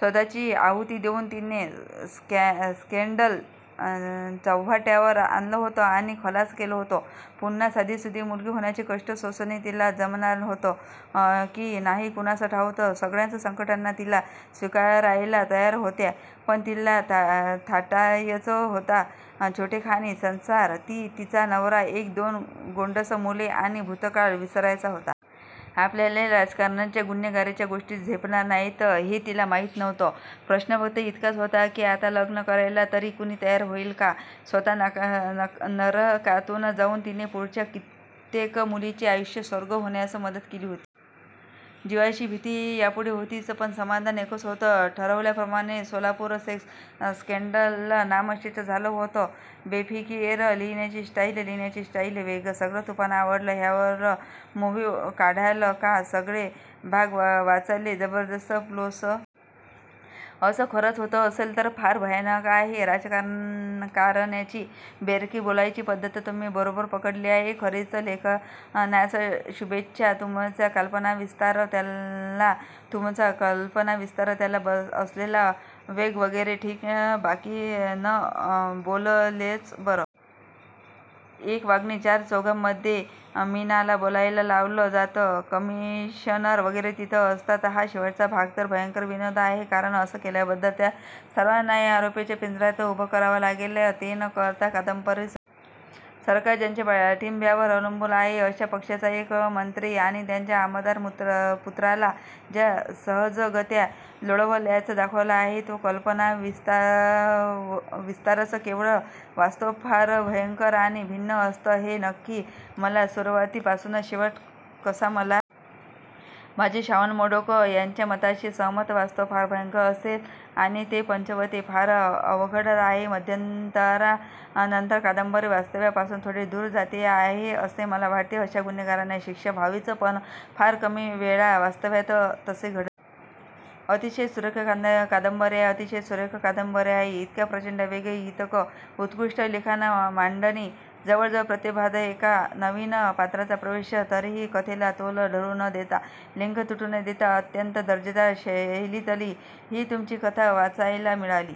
स्वत:ची आहुती देऊन तिने स्कॆंडल चव्हाट्यावर आणलं होतं. आणि खलास केलं होतं. पुन्हा साधीसुधी मुलगी होण्याचे कष्ट सोसणे तिला जमणार होतं. की नाही कुणास ठाऊक? सगळ्याच संघटना तिला स्वीकारायला तयार होत्या. पण तिला थाटायच होता छोटेखानी संसार, ती, तिचा नवरा, एक दोन गोंडस मुले, आणि भूतकाळ विसरायचा होता. आपल्याला या राजकारणाच्या, गुन्हेगारीच्या गोष्टी झेपणार नाहीत हे तिला माहीत नव्हतं. प्रश्न फ़क्त इतकाच होता की आता लग्न करायला तरी कुणी तयार होईल का??? स्वत: नरकातून जाऊन तिने पुढच्या कित्येक मुलींचे आयुष्य स्वर्ग होण्यास मदत केली होती. जीवाची भीतीही यापुढे होतीच! पण समाधान एकच होतं. ठरवल्याप्रमाणे सोलापूर सेक्स स्कॆंडल नामशेष झालं होतं! बेफिकीर, लिहिण्याची स्टाईल, लिहिण्याची स्टाईल, वेग सगळ तुफान आवडल. ह्यावर मुव्ही काढाल का?. सगळे भाग वाचले. जबरदस्त फ्लो सगळे भाग वाचले. असं खरच होत असेल तर फार भयानक आहे. राजकारण्यांची बेरकी बोलायची पद्धत तुम्ही बरोबर पकडली आहे. पुढील लेखनास शुभेच्छा. तुमचा कल्पनाविस्तार, त्याला तुमचा कल्पनाविस्तार, त्याला असलेला वेग वगैरे ठीक. बाकी न बोललेलंच बरं! एक वानगी चार-चौघांमध्ये मीनाला बोलायला लावलं जातं, कमिशनर वगैरे तिथं असतात हा शेवटाचा भाग तर भयंकर विनोद आहे. कारण, तसं केल्याबद्दल त्या सर्वांनाही आरोपीच्या पिंजऱ्यात उभं करावं लागेल. ते न करता कादंबरी संपते. सरकार ज्याच्या पाठिंब्यावर अवलंबून आहे अशा पक्षाचा एक मंत्री आणि त्याच्या आमदार-पुत्राला ज्या सहजगत्या लोळवल्याचं दाखवलं आहे. तो कल्पनाविस्तारच केवळ. वास्तव फार भयंकर आणि भिन्न असतं हे नक्की. मला सुरवाती पासुन शेवट कसा मला सुरवाती पासुन शेवट कसा होणार याची धास्ती वाटत होती, शेवट वास्तवातील होणार वा कल्पनेतील. माझी श्रावण मोडक यांच्या मताशी सहमत. वास्तव फार भयंकर असेल आणि ते पचवणे फार अवघड जाते. मध्यंतरा नंतर कादंबरी वास्तव्या पासुन थोडी दुर जाते आहे. असे मला वाटते. अशा गुन्हेगारांना शिक्षा व्हावीच, पण फार कमी वेळा वास्तव्यात तसे घडते. अतिशय सुरेख कादंबरी आहे. अतिशय सुरेख कादंबरी आहे. इतक्या प्रचंड वेग, इतकं उत्कृष्ट लिखाण, मांडणी, जवळजवळ प्रत्येक भागात एका नवीन पात्राचा प्रवेश, तरीही कथेचा तोल ढळु न देता लिंक तुटू न देता अत्यंत दर्जेदार शैलीतली ही तुमची कथा वाचायला मिळाली.